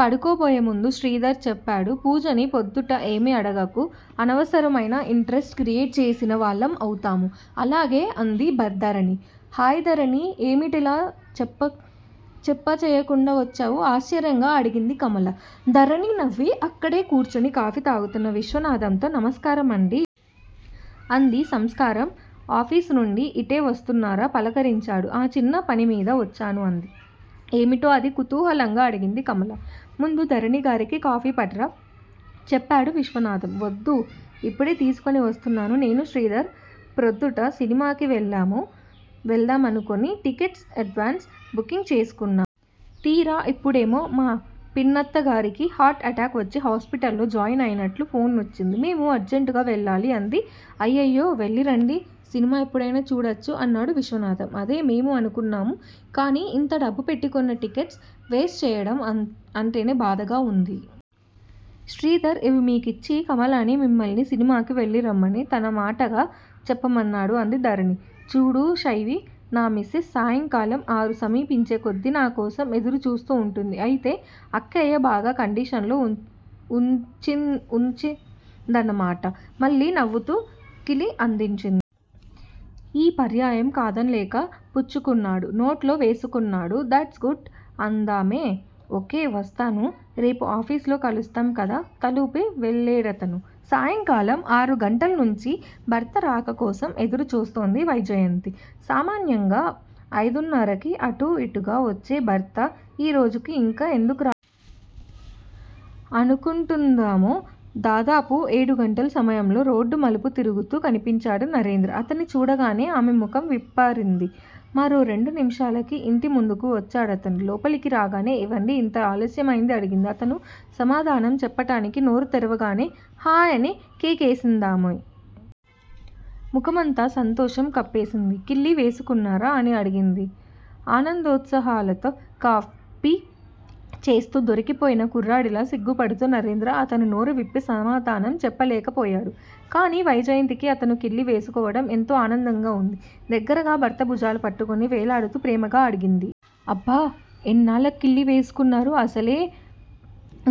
పడుకోబోయే ముందు శ్రీధర్ చెప్పాడు. పూజని పొద్దుట ఏమీ అడగకు! అనవసరమైన ఇంట్రెస్ట్ క్రియేట్ చేసిన వాళ్ళం అవుతాం. అలాగే! అంది ధరణి. హాయ్ ధరణీ! ఏమిటిలా చెప్పాచెయ్యకుండా వచ్చావు? ఆశ్చర్యంగా అడిగింది కమల. ధరణి నవ్వి అక్కడే కూర్చుని కాఫీ తాగుతున్న విశ్వనాథంతో నమస్కారం అండీ! అంది. నమస్కారం ఆఫీసునుండి ఇటే వస్తున్నారా? పలకరించాడు. ఆ చిన్న పనిమీద వచ్చాను అంది. ఏమిటో అది? కుతూహలంగా అడిగింది కమల. ముందు ధరణిగారికి కాఫీ పట్రా! చెప్పాడు విశ్వనాథం. వద్దు! ఇప్పుడే తీసుకుని వస్తున్నాను. నేనూ శ్రీధర్ ప్రొద్దుట సినిమాకి వెళ్దాం అనుకుని టికెట్స్ ఎడ్వాన్స్ బుకింగ్ చేసుకున్నాం. తీరా ఇప్పుడేమో మా పిన్నత్తగారికి హార్ట్ అటాక్ వచ్చి హాస్పిటల్ లో జాయిన్ అయినట్లు ఫోన్ వచ్చింది. మేము అర్జెంటుగా వెళ్ళాలి! అంది. అయ్యయ్యో వెళ్ళిరండి. సినిమా ఎప్పుడైనా చూడచ్చు! అన్నాడు విశ్వనాథం. అదే మేమూ అనుకున్నాం. కానీ ఇంత డబ్బు పెట్టి కొన్న టికెట్స్ వేస్ట్ చెయ్యడం అంటేనే బాధగా ఉంది. శ్రీధర్ ఇవి మీకిచ్చి కమలనీ, మిమ్మల్ని సినిమాకి వెళ్ళిరమ్మని తన మాటగా చెప్పమన్నాడు అంది ధరణి. చూడు శైవి! నా మిసెస్ సాయంకాలం ఆరు సమీపించే కొద్ది నాకోసం ఎదురు చూస్తూ వుంటుంది! అయితే అక్కయ్య బాగా కండిషన్లో వుంచిందన్నమాట! మళ్ళీ నవ్వుతు కిళ్ళి అందించింది. ఈ పర్యాయం కాదన్లేక పుచ్చుకున్నాడు. నోట్లో వేసుకున్నాడు దట్స్ గుడ్ అందామె. ఒకే! వస్తాను! రేపు ఆఫీసులో కలుస్తాం కదా. తలూపి వెళ్లేడతను సాయకాలం ఆరు గంటల నుంచి భర్త రాకకోసం ఎదురు చూస్తోంది వైజయంతి. సామాన్యంగా అయిదున్నరకి అటూ యిటూగా వచ్చే భర్త ఈరోజు యింకా ఎందుకు రాలేదు. అనుకుంటుందామో. దాదాపు ఏడుగంటల సమయంలో రోడ్డు మలుపు తిరుగుతూ కనిపించాడు నరేంద్ర అతన్ని చూడగానే ఆమె ముఖం విప్పారింది. మరో రెండు నిమిషాలకి యింటి ముందుకు వచ్చాడతను. లోపలికి రాగానే ఏవండి యింత అలస్యమైనది అడిగింది. అతను సమాధానం చెప్పటానికి నోరు తెరవగానే హయ్ అని కేకేసిందామె. ముఖమంతా సంతోషం కప్పేసింది. కిళ్ళి వేసుకున్నారా?! అని అడిగింది ఆనందోత్సాహాలతో. కాపి చేస్తూ దొరికిపోయిన కుర్రాడిలా సిగ్గుపడుతూ నరేంద్ర. అతను నోరువిప్పి సనాధానం చెప్పలేకపోయాడు. కానీ వైజయంతికి అతను కిళ్ళి వేసుకోవటం ఎంతో ఆనందంగా వుంది. దగ్గరగా భర్త భుజాలు పట్టుకుని వేలాడుతూ ప్రేమగా అడిగింది. అబ్బ ఎన్నాళ్ళకి కిళ్ళి వేసుకున్నారు. అసలే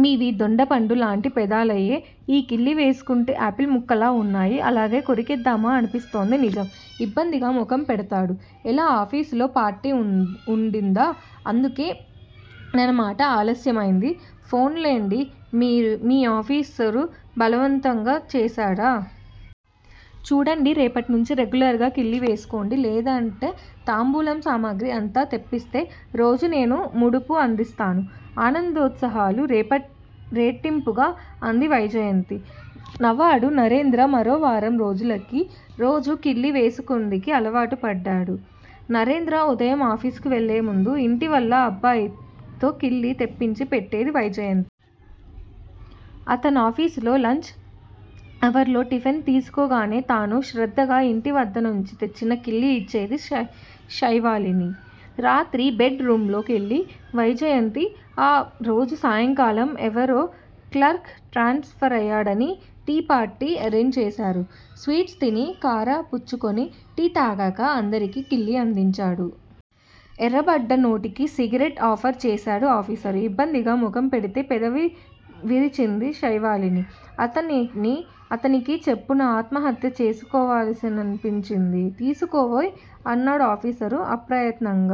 మీవి దొండపండు లాటి పెదాలయే? ఈ కిళ్ళి వేసుకుంటే యాపిల్ ముక్కల్లా వున్నాయి అలాగే కోరికేద్దామా అనిపిస్తుంది నిజం! ఇబ్బందిగా ముఖం పెడతాడు. ఎలా, ఆఫీసులో పార్టీ వుండిందా? అందుకే నన్నమాట ఆలస్యమైంది? పోన్లెండి మీ ఆఫీసరు బలవంతంగా చేశారా? చూడండి? రేపటి నుంచి రెగ్యులర్ గా కిళ్ళి వేసుకోండి. లేదంటే తాంబూలం సామాగ్రి అంతా తెప్పిస్తే రోజు నేనూ ముడుపు అందిస్తాను! ఆనందోత్సాహాలు రేటింపుగా అంది వైజయంతి. నవాడు నరేంద్ర. మరో వారం రోజులకి రోజు కిళ్ళి వేసుకుందికి అలవాటు పడ్డాడు. నరేంద్ర ఉదయం ఆఫీసుకి వెళ్ళేముందు యింటి వల్ల అబ్బాయితో కిళ్ళి తెప్పించి పెట్టేది వైజయంతి. అతనాఫిసులో లంచ్ అవర్లో టిఫిన్ తీసుకోగానే తాను శ్రద్ధగా యింటి వద్ద నుంచి తెచ్చిన కిళ్ళి యిచ్చేది శైవాలిని. రాత్రి బెడ్ రూంలో కెళ్ళి వైజయంతి. ఆరోజు సాయంకాలం ఎవరో క్లర్క్ ట్రాన్స్ఫరయ్యాడని టీ పార్టీ ఎరేంజ్ చేశారు. స్వీట్స్ తిని, కారా పుచ్చుకుని టీ తాగక అందరికి కిళ్ళి అందించాడు. ఎర్రబడ్డ నోటికి సిగరెట్ ఆఫర్ చేశాడు ఆఫీసరు. ఇబ్బందిగా ముఖం పెడితే పెదవి విరిచింది శైవాలిని. అతనికి చప్పున ఆత్మహత్య చేసుకోవాలనిపించింది. తిసుకోవోయ్! అన్నాడాఫిసరు. ఆప్రయత్నంగా